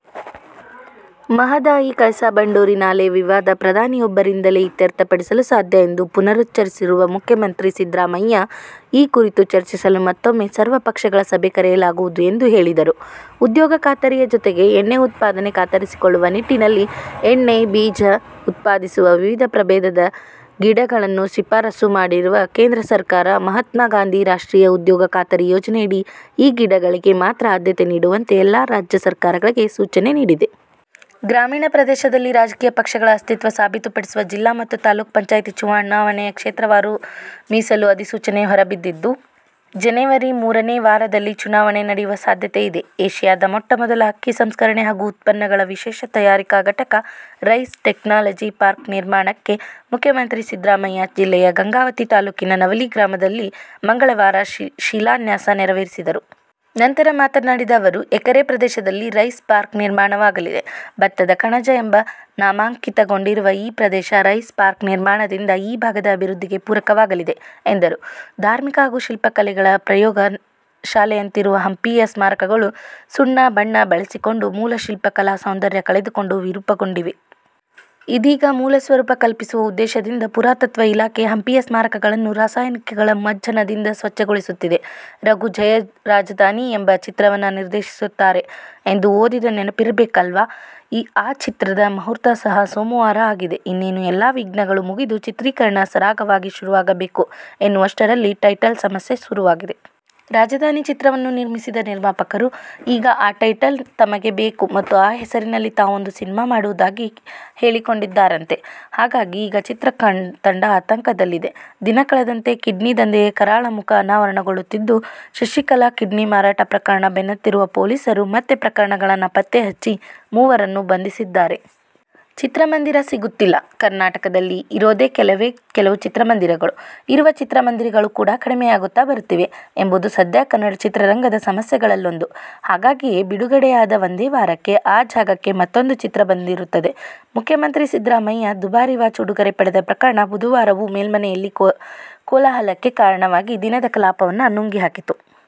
ಮಹದಾಯಿ, ಕಳಸಾ ಬಂಡೂರಿ ನಾಲೆ ವಿವಾದ ಪ್ರಧಾನಿಯೊಬ್ಬರಿಂದಲೇ ಇತ್ಯರ್ಥಪಡಿಸಲು ಸಾಧ್ಯ ಎಂದು ಪುನರುಚ್ಚರಿಸಿರುವ ಮುಖ್ಯಮಂತ್ರಿ ಸಿದ್ದರಾಮಯ್ಯ, ಈ ಕುರಿತು ಚರ್ಚಿಸಲು ಮತ್ತೂಮ್ಮೆ ಸರ್ವಪಕ್ಷಗಳ ಸಭೆ ಕರೆಯಲಾಗುವುದು ಎಂದು ಹೇಳಿದರು. ಉದ್ಯೋಗ ಖಾತರಿಯ ಜತೆಗೆ ಎಣ್ಣೆ ಉತ್ಪಾದನೆ ಖಾತರಿಗೊಳಿಸುವ ನಿಟ್ಟಿನಲ್ಲಿ ಎಣ್ಣೆ ಬೀಜ ಉತ್ಪಾದಿಸುವ ವಿವಿಧ ಪ್ರಬೇಧದ ಗಿಡಗಳನ್ನು ಶಿಫಾರಸು ಮಾಡಿರುವ ಕೇಂದ್ರ ಸರ್ಕಾರ, ಮಹಾತ್ಮಗಾಂಧಿ ರಾಷ್ಟ್ರೀಯ ಉದ್ಯೋಗ ಖಾತರಿ ಯೋಜನೆಯಡಿ ಈ ಗಿಡಗಳಿಗೆ ಮಾತ್ರ ಆದ್ಯತೆ ನೀಡುವಂತೆ ಎಲ್ಲ ರಾಜ್ಯ ಸರ್ಕಾರಗಳಿಗೆ ಸೂಚನೆ ನೀಡಿದೆ. ಗ್ರಾಮೀಣ ಪ್ರದೇಶದಲ್ಲಿ ರಾಜಕೀಯ ಪಕ್ಷಗಳ ಅಸ್ತಿತ್ವ ಸಾಬೀತುಪಡಿಸುವ ಜಿಲ್ಲಾ ಮತ್ತು ತಾಲೂಕು ಪಂಚಾಯಿತಿ ಚುನಾವಣೆಯ ಕ್ಷೇತ್ರವಾರು ಮೀಸಲು ಅಧಿಸೂಚನೆ ಹೊರಬಿದ್ದಿದ್ದು, ಜನವರಿ ಮೂರನೇ ವಾರದಲ್ಲಿ ಚುನಾವಣೆ ನಡೆಯುವ ಸಾಧ್ಯತೆಯಿದೆ. ಏಷಿಯಾದ ಮೊಟ್ಟ ಮೊದಲ ಅಕ್ಕಿ ಸಂಸ್ಕರಣೆ ಹಾಗೂ ಉತ್ಪನ್ನಗಳ ವಿಶೇಷ ತಯಾರಿಕಾ ಘಟಕ ರೈಸ್ ಟೆಕ್ನಾಲಜಿ ಪಾರ್ಕ್ ನಿರ್ಮಾಣಕ್ಕೆ ಮುಖ್ಯಮಂತ್ರಿ ಸಿದ್ದರಾಮಯ್ಯ ಜಿಲ್ಲೆಯ ಗಂಗಾವತಿ ತಾಲೂಕಿನ ನವಲಿ ಗ್ರಾಮದಲ್ಲಿ ಮಂಗಳವಾರ ಶಿಲಾನ್ಯಾಸ ನೆರವೇರಿಸಿದರು. ನಂತರ ಮಾತನಾಡಿದ ಅವರು, ಎಕರೆ ಪ್ರದೇಶದಲ್ಲಿ ರೈಸ್ ಪಾರ್ಕ್ ನಿರ್ಮಾಣವಾಗಲಿದೆ. ಭತ್ತದ ಕಣಜ ಎಂಬ ನಾಮಾಂಕಿತಗೊಂಡಿರುವ ಈ ಪ್ರದೇಶ ರೈಸ್ ಪಾರ್ಕ್ ನಿರ್ಮಾಣದಿಂದ ಈ ಭಾಗದ ಅಭಿವೃದ್ಧಿಗೆ ಪೂರಕವಾಗಲಿದೆ ಎಂದರು. ಧಾರ್ಮಿಕ ಹಾಗೂ ಶಿಲ್ಪಕಲೆಗಳ ಪ್ರಯೋಗ ಶಾಲೆಯಂತಿರುವ ಹಂಪಿಯ ಸ್ಮಾರಕಗಳು ಸುಣ್ಣ ಬಣ್ಣ ಬಳಿಸಿಕೊಂಡು ಮೂಲ ಶಿಲ್ಪಕಲಾ ಸೌಂದರ್ಯ ಕಳೆದುಕೊಂಡು ವಿರೂಪಗೊಂಡಿದ್ದವು. ಇದೀಗ ಮೂಲ ಸ್ವರೂಪ ಕಲ್ಪಿಸುವ ಉದ್ದೇಶದಿಂದ ಪುರಾತತ್ವ ಇಲಾಖೆ ಹಂಪಿಯ ಸ್ಮಾರಕಗಳನ್ನು ರಾಸಾಯನಿಕಗಳ ಮಜ್ಜನದಿಂದ ಸ್ವತ್ಛಗೊಳಿಸುತ್ತಿದೆ. ರಘು ಜಯ "ರಾಜಧಾನಿ ' ಎಂಬ ಚಿತ್ರವನ್ನು ನಿರ್ದೇಶಿಸುತ್ತಾರೆ ಎಂದು ಓದಿದ ನೆನಪಿರಬೇಕಲ್ಲಾ? ಆ ಚಿತ್ರದ ಮುಹೂರ್ತ ಸಹ ಸೋಮವಾರ ಆಗಿದೆ. ಇನ್ನೇನು ಎಲ್ಲಾ ವಿಘ್ನಗಳು ಮುಗಿದು, ಚಿತ್ರೀಕರಣ ಸರಾಗವಾಗಿ ಶುರುವಾಗಬೇಕು ಎನ್ನುವಷ್ಟರಲ್ಲಿ ಟೈಟಲ್ ಸಮಸ್ಯೆ ಶುರುವಾಗಿದೆ. "ರಾಜಧಾನಿ' ಚಿತ್ರವನ್ನು ನಿರ್ಮಿಸಿದ್ದ ನಿರ್ಮಾಪಕರು, ಈಗ ಆ ಟೈಟಲ್ ತಮಗೆ ಬೇಕು ಮತ್ತು ಆ ಹೆಸರಿನಲ್ಲಿ ತಾವೊಂದು ಸಿನಿಮಾ ಮಾಡುವುದಾಗಿ ಹೇಳಿಕೊಂಡಿದ್ದಾರಂತೆ. ಹಾಗಾಗಿ ಈಗ ಚಿತ್ರತಂಡ ಆತಂಕದಲ್ಲಿದೆ. ದಿನ ಕಳೆದಂತೆ ಕಿಡ್ನಿ ದಂಧೆಯ ಕರಾಳ ಮುಖ ಅನಾವರಣಗೊಳ್ಳುತ್ತಿದ್ದು, ಶಶಿಕಲಾ ಕಿಡ್ನಿ ಮಾರಾಟ ಪ್ರಕರಣದ ಬೆನ್ನತ್ತಿರುವ ಪೊಲೀಸರು ಮತ್ತೆ ಪ್ರಕರಣಗಳನ್ನು ಪತ್ತೆ ಹಚ್ಚಿ, ಮೂವರನ್ನು ಬಂಧಿಸಿದ್ದಾರೆ. ಚಿತ್ರಮಂದಿರ ಸಿಗುತ್ತಿಲ್ಲ, ಕರ್ನಾಟಕದಲ್ಲಿ ಇರೋದೇ ಕೆಲವೇ ಕೆಲವು ಚಿತ್ರಮಂದಿರಗಳು. ಇರುವ ಚಿತ್ರಮಂದಿರಗಳು ಕೂಡಾ ಕಡಿಮೆಯಾಗುತ್ತಾ ಬರುತ್ತಿವೆ ಎಂಬುದು ಸದ್ಯ ಕನ್ನಡ ಚಿತ್ರರಂಗದ ಸಮಸ್ಯೆಗಳಲ್ಲೊಂದು. ಹಾಗಾಗಿಯೇ ಬಿಡುಗಡೆಯಾದ ಒಂದೇ ವಾರಕ್ಕೆ ಆ ಜಾಗಕ್ಕೆ ಮತ್ತೂಂದು ಚಿತ್ರ ಬಂದಿರುತ್ತದೆ. ಮುಖ್ಯಮಂತ್ರಿ ಸಿದ್ದರಾಮಯ್ಯ ದುಬಾರಿ ವಾಚ್ ಉಡುಗೊರೆ ಪಡೆದ ಪ್ರಕರಣ ಬುಧವಾರವೂ ಮೇಲ್ಮನೆಯಲ್ಲಿ ಕೋಲಾಹಲಕ್ಕೆ ಕಾರಣವಾಗಿ ದಿನದ ಕಲಾಪವನ್ನು ನುಂಗಿಹಾಕಿತು.